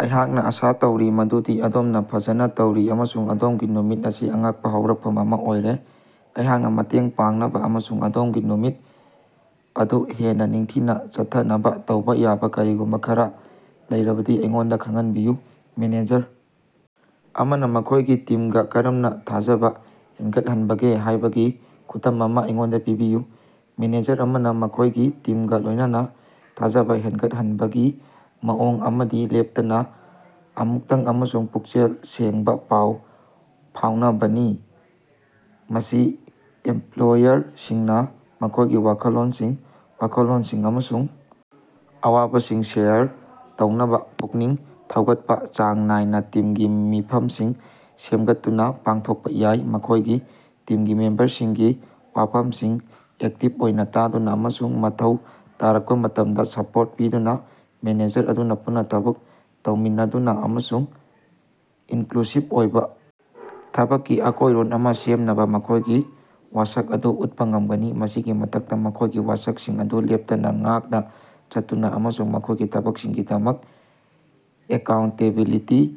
ꯑꯩꯍꯥꯛꯅ ꯑꯥꯁꯥ ꯇꯧꯔꯤ ꯃꯗꯨꯗꯤ ꯑꯗꯣꯝꯅ ꯐꯖꯅ ꯇꯧꯔꯤ ꯑꯃꯁꯨꯡ ꯑꯗꯣꯝꯒꯤ ꯅꯨꯃꯤꯠ ꯑꯁꯤ ꯑꯉꯛꯄ ꯍꯧꯔꯛꯐꯝ ꯑꯃ ꯑꯣꯏꯔꯦ꯫ ꯑꯩꯍꯥꯛꯅ ꯃꯇꯦꯡ ꯄꯥꯡꯅꯕ ꯑꯃꯁꯨꯡ ꯑꯗꯣꯝꯒꯤ ꯅꯨꯃꯤꯠ ꯑꯗꯨ ꯍꯦꯟꯅ ꯅꯤꯡꯊꯤꯅ ꯆꯠꯊꯅꯕ ꯇꯧꯕ ꯌꯥꯕ ꯀꯔꯤꯒꯨꯝꯕ ꯈꯔ ꯂꯩꯔꯕꯗꯤ ꯑꯩꯉꯣꯟꯗ ꯈꯪꯍꯟꯕꯤꯌꯨ꯫ ꯃꯦꯅꯦꯖꯔ ꯑꯃꯅ ꯃꯈꯣꯏꯒꯤ ꯇꯤꯝꯒ ꯀꯔꯝꯅ ꯊꯥꯖꯕ ꯍꯦꯟꯒꯠꯍꯟꯕꯒꯦ ꯍꯥꯏꯕꯒꯤ ꯈꯨꯗꯝ ꯑꯃ ꯑꯩꯉꯣꯟꯗ ꯄꯤꯕꯤꯌꯨ꯫ ꯃꯦꯅꯦꯖꯔ ꯑꯃꯅ ꯃꯈꯣꯏꯒꯤ ꯇꯤꯝꯒ ꯂꯣꯏꯅꯅ ꯊꯥꯖꯕ ꯍꯦꯟꯒꯠꯍꯟꯕꯒꯤ ꯃꯑꯣꯡ ꯑꯃꯗꯤ ꯂꯦꯞꯇꯅ ꯑꯃꯨꯛꯇꯪ ꯑꯃꯁꯨꯡ ꯄꯨꯛꯆꯦꯜ ꯁꯦꯡꯕ ꯄꯥꯎ ꯐꯥꯎꯅꯕꯅꯤ꯫ ꯃꯁꯤ ꯑꯦꯝꯄ꯭ꯂꯣꯌꯔꯁꯤꯡꯅ ꯃꯈꯣꯏꯒꯤ ꯋꯥꯈꯜꯂꯣꯟꯁꯤꯡ, ꯋꯥꯈꯜꯂꯣꯟꯁꯤꯡ ꯑꯃꯁꯨꯡ ꯑꯋꯥꯕꯁꯤꯡ ꯁꯦꯌꯔ ꯇꯧꯅꯕ ꯄꯨꯛꯅꯤꯡ ꯊꯧꯒꯠꯄ ꯆꯥꯡ ꯅꯥꯏꯅ ꯇꯤꯝꯒꯤ ꯃꯤꯐꯝꯁꯤꯡ ꯁꯦꯝꯒꯠꯇꯨꯅ ꯄꯥꯡꯊꯣꯛꯄ ꯌꯥꯏ꯫ ꯃꯈꯣꯏꯒꯤ ꯇꯤꯝꯒꯤ ꯃꯦꯝꯕꯔꯁꯤꯡꯒꯤ ꯋꯥꯐꯝꯁꯤꯡ ꯑꯦꯛꯇꯤꯚ ꯑꯣꯏꯅ ꯇꯥꯗꯨꯅ ꯑꯃꯁꯨꯡ ꯃꯊꯧ ꯇꯥꯔꯛꯄ ꯃꯇꯝꯗ ꯁꯄꯣꯔꯠ ꯄꯤꯗꯨꯅ, ꯃꯦꯅꯦꯖꯔ ꯑꯗꯨꯅ ꯄꯨꯟꯅ ꯊꯕꯛ ꯇꯧꯃꯤꯟꯅꯗꯨꯅ ꯑꯃꯁꯨꯡ ꯏꯟꯀ꯭ꯂꯨꯁꯤꯚ ꯑꯣꯏꯕ ꯊꯕꯛꯀꯤ ꯑꯀꯣꯏꯔꯣꯟ ꯑꯃ ꯁꯦꯝꯅꯕ ꯃꯈꯣꯏꯒꯤ ꯋꯥꯁꯛ ꯑꯗꯨ ꯎꯠꯄ ꯉꯝꯒꯅꯤ꯫ ꯃꯁꯤꯒꯤ ꯃꯊꯛꯇ, ꯃꯈꯣꯏꯒꯤ ꯋꯥꯁꯛꯁꯤꯡ ꯑꯗꯨ ꯂꯦꯞꯇꯅ ꯉꯥꯛꯅ ꯆꯠꯇꯨꯅ ꯑꯃꯁꯨꯡ ꯃꯈꯣꯏꯒꯤ ꯊꯕꯛꯁꯤꯡꯒꯤꯗꯃꯛ ꯑꯦꯀꯥꯎꯟꯇꯦꯕꯤꯂꯤꯇꯤ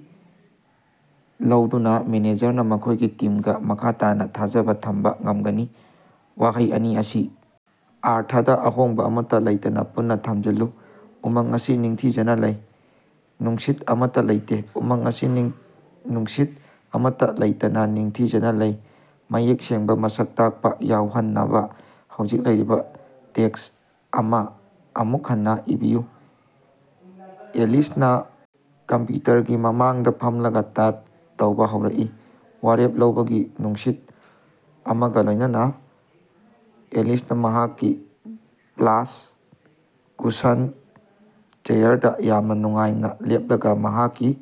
ꯂꯧꯗꯨꯅ, ꯃꯦꯅꯦꯖꯔꯅ ꯃꯈꯣꯏꯒꯤ ꯇꯤꯝꯒ ꯃꯈꯥ ꯇꯥꯅ ꯊꯥꯖꯕ ꯊꯝꯕ ꯉꯝꯒꯅꯤ꯫ ꯋꯥꯍꯩ ꯑꯅꯤ ꯑꯁꯤ ꯑꯔꯊꯗ ꯑꯍꯣꯡꯕ ꯑꯃꯠꯇ ꯂꯩꯇꯅ ꯄꯨꯟꯅ ꯊꯝꯖꯤꯜꯂꯨ꯫ ꯎꯃꯪ ꯑꯁꯤ ꯅꯤꯡꯊꯤꯖꯅ ꯂꯩ꯫ ꯅꯨꯡꯁꯤꯠ ꯑꯃꯠꯇ ꯂꯩꯇꯦ꯫ ꯎꯃꯪ ꯑꯁꯤ ꯅꯨꯡꯁꯤꯠ ꯑꯃꯠꯇ ꯂꯩꯇꯅ ꯅꯤꯡꯊꯤꯖꯅ ꯂꯩ꯫ ꯃꯌꯦꯛ ꯁꯦꯡꯕ ꯃꯁꯛ ꯇꯥꯛꯄ ꯌꯥꯎꯍꯟꯅꯕ ꯍꯧꯖꯤꯛ ꯂꯩꯔꯤꯕ ꯇꯦꯛꯁ ꯑꯃ ꯑꯃꯨꯛ ꯍꯟꯅ ꯏꯕꯤꯌꯨ꯫ ꯑꯦꯂꯤꯁꯅ ꯀꯝꯄ꯭ꯌꯨꯇꯔꯒꯤ ꯃꯃꯥꯡꯗ ꯐꯝꯂꯒ ꯇꯥꯏꯞ ꯇꯧꯕ ꯍꯧꯔꯛꯏ꯫ ꯋꯥꯔꯦꯞ ꯂꯧꯕꯒꯤ ꯅꯨꯡꯁꯤꯠ ꯑꯃꯒ ꯂꯣꯏꯅꯅ ꯑꯦꯂꯤꯁꯅ ꯃꯍꯥꯛꯀꯤ ꯄ꯭ꯂꯥꯁ, ꯀꯨꯁꯟ ꯆꯦꯌꯔꯗ ꯌꯥꯝꯅ ꯅꯨꯡꯉꯥꯏꯅ ꯂꯦꯞꯂꯒ ꯃꯍꯥꯛꯀꯤ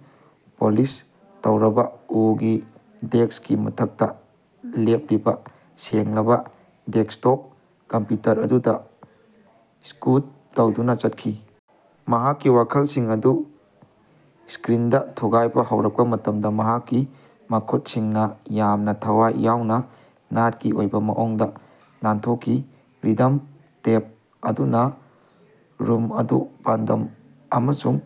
ꯄꯣꯂꯤꯁ ꯇꯧꯔꯕ ꯎꯒꯤ ꯗꯦꯛꯁꯀꯤ ꯃꯊꯛꯇ ꯂꯦꯞꯂꯤꯕ ꯁꯦꯡꯂꯕ ꯗꯦꯛꯁꯇꯣꯞ ꯀꯝꯄ꯭ꯌꯨꯇꯔ ꯑꯗꯨꯗ ꯁ꯭ꯀꯨꯠ ꯇꯧꯗꯨꯅ ꯆꯠꯈꯤ꯫ ꯃꯍꯥꯛꯀꯤ ꯋꯥꯈꯜꯁꯤꯡ ꯑꯗꯨ ꯁ꯭ꯀꯔꯤꯟꯗ ꯊꯨꯒꯥꯏꯕ ꯍꯧꯔꯛꯄ ꯃꯇꯝꯗ ꯃꯍꯥꯛꯀꯤ ꯃꯈꯨꯠꯁꯤꯡꯅ ꯌꯥꯝꯅ ꯊꯋꯥꯏ ꯌꯥꯎꯅ ꯅꯥꯠꯀꯤ ꯑꯣꯏꯕ ꯃꯑꯣꯡꯗ ꯅꯥꯟꯊꯣꯛꯈꯤ, ꯔꯤꯗꯝ ꯇꯦꯞ ꯑꯗꯨꯅ ꯔꯨꯝ ꯑꯗꯨ ꯄꯥꯟꯗꯝ ꯑꯃꯁꯨꯡ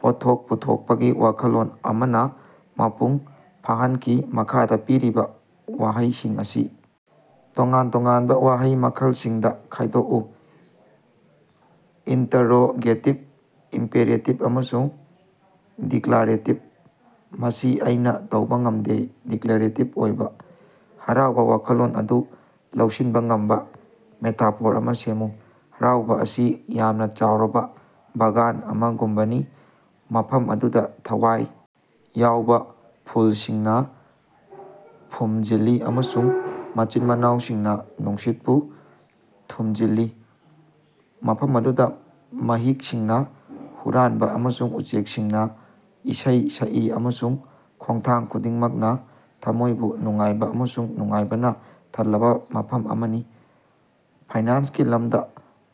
ꯄꯣꯠꯊꯣꯛ ꯄꯨꯊꯣꯛꯄꯒꯤ ꯋꯥꯈꯜꯂꯣꯟ ꯑꯃꯅ ꯃꯄꯨꯡ ꯐꯥꯍꯟꯈꯤ꯫ ꯃꯈꯥꯗ ꯄꯤꯔꯤꯕ ꯋꯥꯍꯩꯁꯤꯡ ꯑꯁꯤ ꯇꯣꯉꯥꯟ ꯇꯣꯉꯥꯟꯕ ꯋꯥꯍꯩ ꯃꯈꯜꯁꯤꯡꯗ ꯈꯥꯏꯗꯣꯛꯎ – ꯏꯟꯇꯔꯔꯣꯒꯦꯇꯤꯕ, ꯏꯝꯄꯦꯔꯦꯇꯤꯕ, ꯑꯃꯁꯨꯡ ꯗꯤꯀ꯭ꯂꯔꯦꯇꯤꯕ꯫ ꯃꯁꯤ ꯑꯩꯅ ꯇꯧꯕ ꯉꯝꯗꯦ꯫ ꯗꯤꯀ꯭ꯂꯔꯦꯇꯤꯕ ꯑꯣꯏꯕ꯫ ꯍꯔꯥꯎꯕꯒꯤ ꯋꯥꯈꯜꯂꯣꯟ ꯑꯗꯨ ꯂꯧꯁꯤꯟꯕ ꯉꯝꯕ ꯃꯦꯇꯥꯐꯣꯔ ꯑꯃ ꯁꯦꯝꯃꯨ꯫ ꯍꯔꯥꯎꯕ ꯑꯁꯤ ꯌꯥꯝꯅ ꯆꯥꯎꯔꯕ ꯕꯒꯥꯟ ꯑꯃꯒꯨꯝꯕꯅꯤ, ꯃꯐꯝ ꯑꯗꯨꯗ ꯊꯋꯥꯏ ꯌꯥꯎꯕ ꯐꯨꯜꯁꯤꯡꯅ ꯐꯨꯝꯖꯤꯜꯂꯤ ꯑꯃꯁꯨꯡ ꯃꯆꯤꯟ-ꯃꯅꯥꯎꯁꯤꯡꯅ ꯅꯨꯡꯁꯤꯠꯄꯨ ꯊꯨꯝꯖꯤꯜꯂꯤ, ꯃꯐꯝ ꯑꯗꯨꯗ ꯃꯍꯤꯛꯁꯤꯡꯅ ꯍꯨꯔꯥꯟꯕ ꯑꯃꯁꯨꯡ ꯎꯆꯦꯛꯁꯤꯡꯅ ꯏꯁꯩ ꯁꯛꯏ, ꯑꯃꯁꯨꯡ ꯈꯣꯡꯊꯥꯡ ꯈꯨꯗꯤꯡꯃꯛꯅ ꯊꯝꯃꯣꯏꯕꯨ ꯅꯨꯡꯉꯥꯏꯕ ꯑꯃꯁꯨꯡ ꯅꯨꯡꯉꯥꯏꯕꯅ ꯊꯜꯂꯕ ꯃꯐꯝ ꯑꯃꯅꯤ꯫ ꯐꯥꯏꯅꯥꯟꯁꯀꯤ ꯂꯝꯗ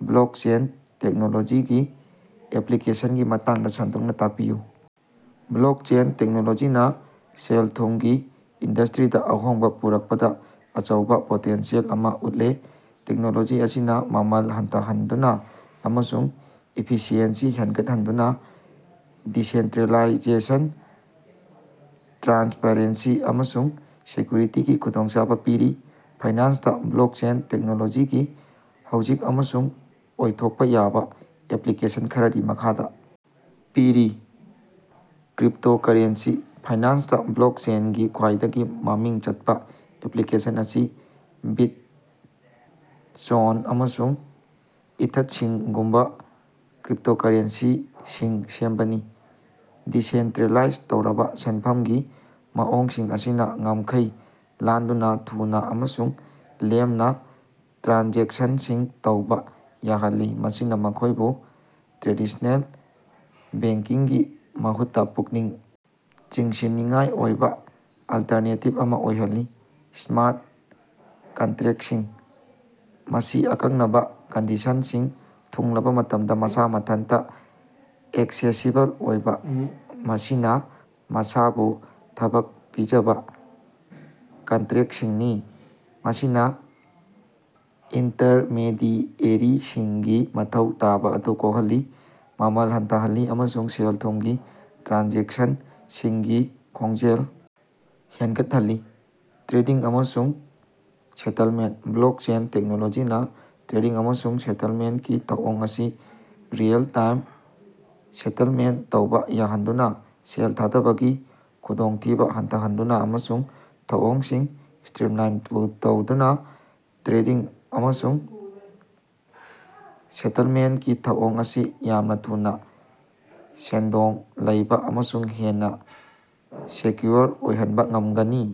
ꯕ꯭ꯂꯣꯛꯆꯦꯟ ꯇꯦꯛꯅꯣꯂꯣꯖꯤꯒꯤ ꯑꯦꯄ꯭ꯂꯤꯀꯦꯁꯟꯒꯤ ꯃꯇꯥꯡꯗ ꯁꯟꯗꯣꯛꯅ ꯇꯥꯛꯄꯤꯌꯨ꯫ ꯕ꯭ꯂꯣꯛꯆꯦꯟ ꯇꯦꯛꯅꯣꯂꯣꯖꯤꯅ ꯁꯦꯜ-ꯊꯨꯝꯒꯤ ꯏꯟꯗꯁꯇ꯭ꯔꯤꯗ ꯑꯍꯣꯡꯕ ꯄꯨꯔꯛꯄꯗ ꯑꯆꯧꯕ ꯄꯣꯇꯦꯟꯁꯤꯌꯦꯜ ꯑꯃ ꯎꯠꯂꯦ꯫ ꯇꯦꯛꯅꯣꯂꯣꯖꯤ ꯑꯁꯤꯅ ꯃꯃꯜ ꯍꯟꯊꯍꯟꯗꯨꯅ ꯑꯃꯁꯨꯡ ꯏꯐꯤꯁꯤꯑꯦꯟꯁꯤ ꯍꯦꯟꯒꯠꯍꯟꯗꯨꯅ ꯗꯤꯁꯦꯟꯇ꯭ꯔꯦꯂꯥꯏꯖꯦꯁꯟ, ꯇ꯭ꯔꯥꯟꯁꯄꯔꯦꯟꯁꯤ, ꯑꯃꯁꯨꯡ ꯁꯦꯀ꯭ꯌꯨꯔꯤꯇꯤꯒꯤ ꯈꯨꯗꯣꯡꯆꯥꯕ ꯄꯤꯔꯤ꯫ ꯐꯥꯏꯅꯥꯟꯁꯇ ꯕ꯭ꯂꯣꯀꯆꯦꯟ ꯇꯦꯛꯅꯣꯂꯣꯖꯤꯒꯤ ꯍꯧꯖꯤꯛ ꯑꯃꯁꯨꯡ ꯑꯣꯏꯊꯣꯛꯄ ꯌꯥꯕ ꯑꯦꯄ꯭ꯂꯤꯀꯦꯁꯟ ꯈꯔꯗꯤ ꯃꯈꯥꯗ ꯄꯤꯔꯤ꯫ ꯀ꯭ꯔꯤꯞꯇꯣꯀꯔꯦꯟꯁꯤ: ꯐꯥꯏꯅꯥꯟꯁꯇ ꯕ꯭ꯂꯣꯛꯆꯦꯟꯒꯤ ꯈ꯭ꯋꯥꯏꯗꯒꯤ ꯃꯃꯤꯡ ꯆꯠꯄ ꯑꯦꯄ꯭ꯂꯤꯀꯦꯁꯟ ꯑꯁꯤ ꯕꯤꯠꯆꯣꯟ ꯑꯃꯁꯨꯡ ꯏꯊꯠꯁꯤꯡꯒꯨꯝꯕ ꯀ꯭ꯔꯤꯞꯇꯣꯀꯔꯦꯟꯁꯤꯁꯤꯡ ꯁꯦꯝꯕꯅꯤ꯫ ꯗꯤꯁꯦꯟꯇ꯭ꯔꯦꯂꯥꯏꯖ ꯇꯧꯔꯕ ꯁꯦꯟꯐꯝꯒꯤ ꯃꯑꯣꯡꯁꯤꯡ ꯑꯁꯤꯅ ꯉꯝꯈꯩ ꯂꯥꯟꯗꯨꯅ ꯊꯨꯅ ꯑꯃꯁꯨꯡ ꯂꯦꯝꯅ ꯇ꯭ꯔꯥꯟꯖꯦꯛꯁꯟꯁꯤꯡ ꯇꯧꯕ ꯌꯥꯍꯜꯂꯤ, ꯃꯁꯤꯅ ꯃꯈꯣꯏꯕꯨ ꯇ꯭ꯔꯦꯗꯤꯁꯅꯦꯜ ꯕꯦꯡꯀꯤꯡꯒꯤ ꯃꯍꯨꯠꯇ ꯄꯨꯛꯅꯤꯡ ꯆꯤꯡꯁꯤꯟꯅꯤꯡꯉꯥꯏ ꯑꯣꯏꯕ ꯑꯜꯇꯔꯅꯦꯇꯤꯕ ꯑꯃ ꯑꯣꯏꯍꯜꯂꯤ꯫ ꯁ꯭ꯃꯥꯔꯠ ꯀꯟꯇ꯭ꯔꯦꯛꯁꯤꯡ: ꯃꯁꯤ ꯑꯀꯛꯅꯕ ꯀꯟꯗꯤꯁꯟꯁꯤꯡ ꯊꯨꯡꯂꯕ ꯃꯇꯝꯗ ꯃꯁꯥ ꯃꯊꯟꯇ ꯑꯦꯛꯁꯦꯁꯤꯕꯜ ꯑꯣꯏꯕ ꯃꯁꯥꯅ ꯃꯁꯥꯕꯨ ꯊꯕꯛ ꯄꯤꯖꯕ ꯀꯟꯇ꯭ꯔꯦꯛꯁꯤꯡꯅꯤ꯫ ꯃꯁꯤꯅ ꯏꯟꯇꯔꯃꯦꯗꯤꯑꯦꯔꯤꯁꯤꯡꯒꯤ ꯃꯊꯧ ꯇꯥꯕ ꯑꯗꯨ ꯀꯣꯛꯍꯜꯂꯤ, ꯃꯃꯜ ꯍꯟꯊꯍꯜꯂꯤ ꯑꯃꯁꯨꯡ ꯁꯦꯜ-ꯊꯨꯝꯒꯤ ꯇ꯭ꯔꯥꯟꯖꯦꯛꯁꯟꯁꯤꯡꯒꯤ ꯈꯣꯡꯖꯦꯜ ꯍꯦꯟꯒꯠꯍꯜꯂꯤ꯫ ꯇ꯭ꯔꯦꯗꯤꯡ ꯑꯃꯁꯨꯡ ꯁꯦꯇꯜꯃꯦꯟꯠ: ꯕ꯭ꯂꯣꯛꯆꯦꯟ ꯇꯦꯛꯅꯣꯂꯣꯖꯤꯅ ꯇ꯭ꯔꯦꯗꯤꯡ ꯑꯃꯁꯨꯡ ꯁꯦꯇꯜꯃꯦꯟꯠꯀꯤ ꯊꯧꯑꯣꯡ ꯑꯁꯤ ꯔꯤꯑꯦꯜ-ꯇꯥꯏꯝ ꯁꯦꯇꯜꯃꯦꯟꯠ ꯇꯧꯕ ꯌꯥꯍꯟꯗꯨꯅ, ꯁꯦꯜ ꯊꯥꯗꯕꯒꯤ ꯈꯨꯗꯣꯡꯊꯤꯕ ꯍꯟꯊꯍꯟꯗꯨꯅ ꯑꯃꯁꯨꯡ ꯊꯧꯑꯣꯡꯁꯤꯡ ꯁ꯭ꯇꯔꯤꯝꯂꯥꯏꯟ ꯇꯧꯗꯨꯅ ꯇ꯭ꯔꯦꯗꯤꯡ ꯑꯃꯁꯨꯡ ꯁꯦꯇꯜꯃꯦꯟꯠꯀꯤ ꯊꯧꯑꯣꯡ ꯑꯁꯤ ꯌꯥꯝꯅ ꯊꯨꯅ, ꯁꯦꯟꯗꯣꯡ ꯂꯩꯕ ꯑꯃꯁꯨꯡ ꯍꯦꯟꯅ ꯁꯦꯛꯌꯨꯔ ꯑꯣꯏꯍꯟꯕ ꯉꯝꯒꯅꯤ꯫